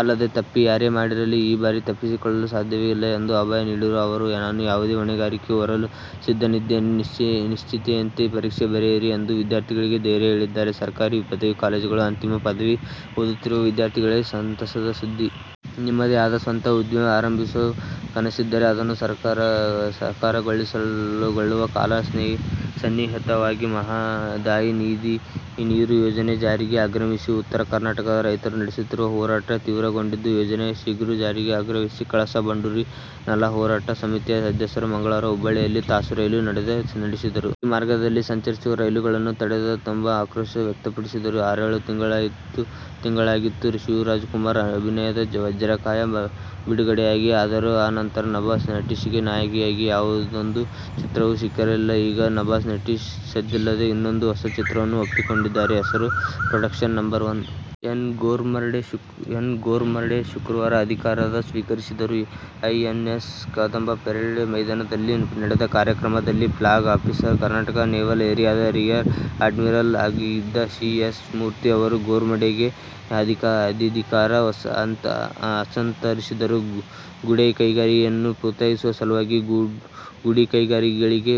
ಅಲ್ಲದೆ, ತಪ್ಪು ಯಾರೇ ಮಾಡಿರಲಿ ಈ ಬಾರಿ ತಪ್ಪಿಸಿಕೊಳ್ಳಲು ಸಾಧ್ಯವೇ ಇಲ್ಲ ಎಂದು ಅಭಯ ನೀಡಿರುವ ಅವರು, ನಾನು ಯಾವುದೇ ಹೊಣೆಗಾರಿಕೆ ಹೊರಲೂ ಸಿದ್ಧನಿದ್ದೇನೆ. ನಿಶ್ಚಿಂತೆಯಾಗಿ ಪರೀಕ್ಷೆ ಬರೆಯಿರಿ ಎಂದು ವಿದ್ಯಾರ್ಥಿಗಳಿಗೆ ಧೈರ್ಯ ಹೇಳಿದ್ದಾರೆ. ಸರ್ಕಾರಿ ಪದವಿ ಕಾಲೇಜುಗಳಲ್ಲಿ ಅಂತಿಮ ಪದವಿ ಓದುತ್ತಿರುವ ವಿದ್ಯಾರ್ಥಿಗಳಿಗೆ ಸಂತಸದ ಸುದ್ದಿ. ನಿಮ್ಮದೇ ಆದ ಸ್ವಂತ ಉದ್ದಿಮೆ ಆರಂಭಿಸುವ ಕನಸಿದ್ದರೆ ಅದನ್ನು ಸಾಕಾರಗೊಳಿಸಿಕೊಳ್ಳುವ ಕಾಲ ಸನ್ನಿಹಿತವಾಗಿದೆ. ಮಹದಾಯಿ ನದಿ ನೀರು ಯೋಜನೆ ಜಾರಿಗೆ ಆಗ್ರಹಿಸಿ ಉತ್ತರ ಕರ್ನಾಟಕದ ರೈತರು ನಡೆಸುತ್ತಿರುವ ಹೋರಾಟ ತೀವ್ರಗೊಂಡಿದ್ದು, ಯೋಜನೆಯ ಶೀಘ್ರ ಜಾರಿಗೆ ಆಗ್ರಹಿಸಿ ಕಳಸಾ-ಬಂಡೂರಿ ನಾಲಾ ಹೋರಾಟ ಸಮಿತಿಯ ಸದಸ್ಯರು ಮಂಗಳವಾರ ಹುಬ್ಬಳ್ಳಿಯಲ್ಲಿ ತಾಸು ರೈಲು ತಡೆ ನಡೆಸಿದರು. ಈ ಮಾರ್ಗದಲ್ಲಿ ಸಂಚರಿಸುವ ರೈಲುಗಳನ್ನು ತಡೆದು ತಮ್ಮ ಆಕ್ರೋಶ ವ್ಯಕ್ತಪಡಿಸಿದರು. ಆರೇಳು ತಿಂಗಳಾಗಿತ್ತು ಶಿವರಾಜಕುಮಾರ್ ಅಭಿನಯದ "ವಜ್ರಕಾಯ' ಬಿಡುಗಡೆಯಾಗಿ. ಆದರೂ ಆ ನಂತರ ನಭಾ ನಟೇಶ್ಗೆ ನಾಯಕಿಯಾಗಿ ಯಾವೊಂದು ಚಿತ್ರವೂ ಸಿಕ್ಕಿರಲಿಲ್ಲ. ಈಗ ನಭಾ ನಟೇಶ್ ಸದ್ದಿಲ್ಲದೆ ಇನ್ನೊಂದು ಹೊಸ ಚಿತ್ರವನ್ನು ಒಪ್ಪಿಕೊಂಡಿದ್ದಾರೆ. ಹೆಸರು "production number one'. N. Gormade ಶುಕ್ರವಾರ ಅಧಿಧಿಕಾರ ಸ್ವೀಕರಿಸಿದರು. ಐಎನ್ಎಸ್ ಕದಂಬ ಪರೇಡ್ ಮೈದಾನದಲ್ಲಿ ನಡೆದ ಕಾರ್ಯಕ್ರಮದಲ್ಲಿ ಫ್ಲಾಗ್ ಆಫೀಸರ್, ಕರ್ನಾಟಕ ನೇವಲ್ ಏರಿಯಾದ ರಿಯರ್ ಅಡ್ಮಿರಲ್ ಆಗಿದ್ದ ಸಿ. ಎಸ್. ಮೂರ್ತಿ ಅವರು ಗೋರ್ಮಡೆಗೆ ಅಧಿಧಿಕಾರ ಹಸ್ತಾಂತರಿಸಿದರು. ಗುಡಿಕೈಗಾರಿಕೆಯನ್ನು ಪ್ರೋತ್ಸಾಹಿಸುವ ಸಲುವಾಗಿ ಗುಡಿಕೈಗಾರಿಕೆಗಳಿಗೆ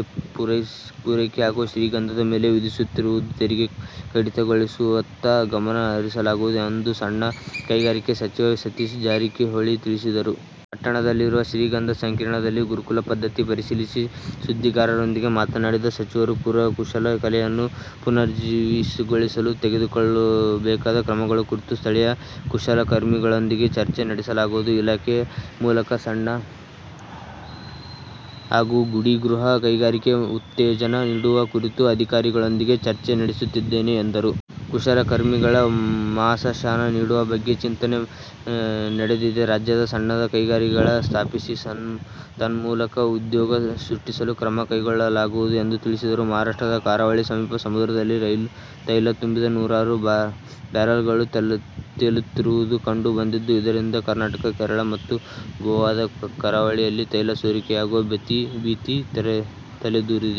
ಪೂರೈಕೆಯಾಗುವ ಶ್ರೀಗಂಧದ ಮೇಲೆ ವಿಧಿಧಿಸುತ್ತಿರುವ ತೆರಿಗೆ ಕಡಿತಗೊಳಿಸುವತ್ತ ಗಮನ ಹರಿಸಲಾಗುವುದು ಎಂದು ಸಣ್ಣ ಕೈಗಾರಿಕಾ ಸಚಿವ ಸತೀಶ್ ಜಾರಕಿಹೊಳಿ ತಿಳಿಸಿದರು. ಪಟ್ಟಣದಲ್ಲಿರುವ ಶ್ರೀಗಂಧ ಸಂಕೀರ್ಣದಲ್ಲಿ ಗುರುಕುಲ ಪದ್ಧತಿ ಪರಿಶೀಲಿಸಿ ಸುದ್ದಿಗಾರರೊಂದಿಗೆ ಮಾತನಾಡಿದ ಸಚಿವರು, ಕರಕುಶಲ ಕಲೆಯನ್ನು ಪುನರುಜ್ಜೀವಗೊಳಿಸಲು ತೆಗೆದುಕೊಳ್ಳಬೇಕಾದ ಕ್ರಮಗಳ ಕುರಿತು ಸ್ಥಳೀಯ ಕುಶಲಕರ್ಮಿಗಳೊಂದಿಗೆ ಚರ್ಚೆ ನಡೆಸಲಾಗುವುದು. ಇಲಾಖೆಯ ಮೂಲಕ ಸಣ್ಣ ಹಾಗೂ ಗುಡಿ, ಗೃಹ ಕೈಗಾರಿಕೆ ಉತ್ತೇಜನ ನೀಡುವ ಕುರಿತು ಅಧಿಧಿಕಾರಿಗಳೊಂದಿಗೆ ಚರ್ಚೆ ನಡೆಸುತ್ತಿದ್ದೇನೆ ಎಂದರು. ಕುಶಲಕರ್ಮಿಗಳಿಗೆ ಮಾಸಾಶನ ನೀಡುವ ಬಗ್ಗೆ ಚಿಂತನೆ ನಡೆದಿದೆ. ರಾಜ್ಯದಲ್ಲಿ ಸಣ್ಣ ಕೈಗಾರಿಕೆಗಳನ್ನು ಸ್ಥಾಪಿಸಿ, ತನ್ಮೂಲಕ ಉದ್ಯೋಗ ಸೃಷ್ಟಿಸಲು ಕ್ರಮ ಕೈಗೊಳ್ಳಲಾಗುವುದು ಎಂದು ತಿಳಿಸಿದರು. ಮಹಾರಾಷ್ಟ್ರದ ಕರಾವಳಿ ಸಮೀಪ ಸಮುದ್ರದಲ್ಲಿ ತೈಲ ತುಂಬಿದ ನೂರಾರು ಬ್ಯಾರಲ್ಗಳು ತೇಲುತ್ತಿರುವುದು ಕಂಡು ಬಂದಿದ್ದು, ಇದರಿಂದ ಕರ್ನಾಟಕ, ಕೇರಳ ಮತ್ತು ಗೋವಾದ ಕರಾವಳಿಯಲ್ಲಿ ತೈಲ ಸೋರಿಕೆಯಾಗುವ ಭೀತಿ ತಲೆದೋರಿದೆ.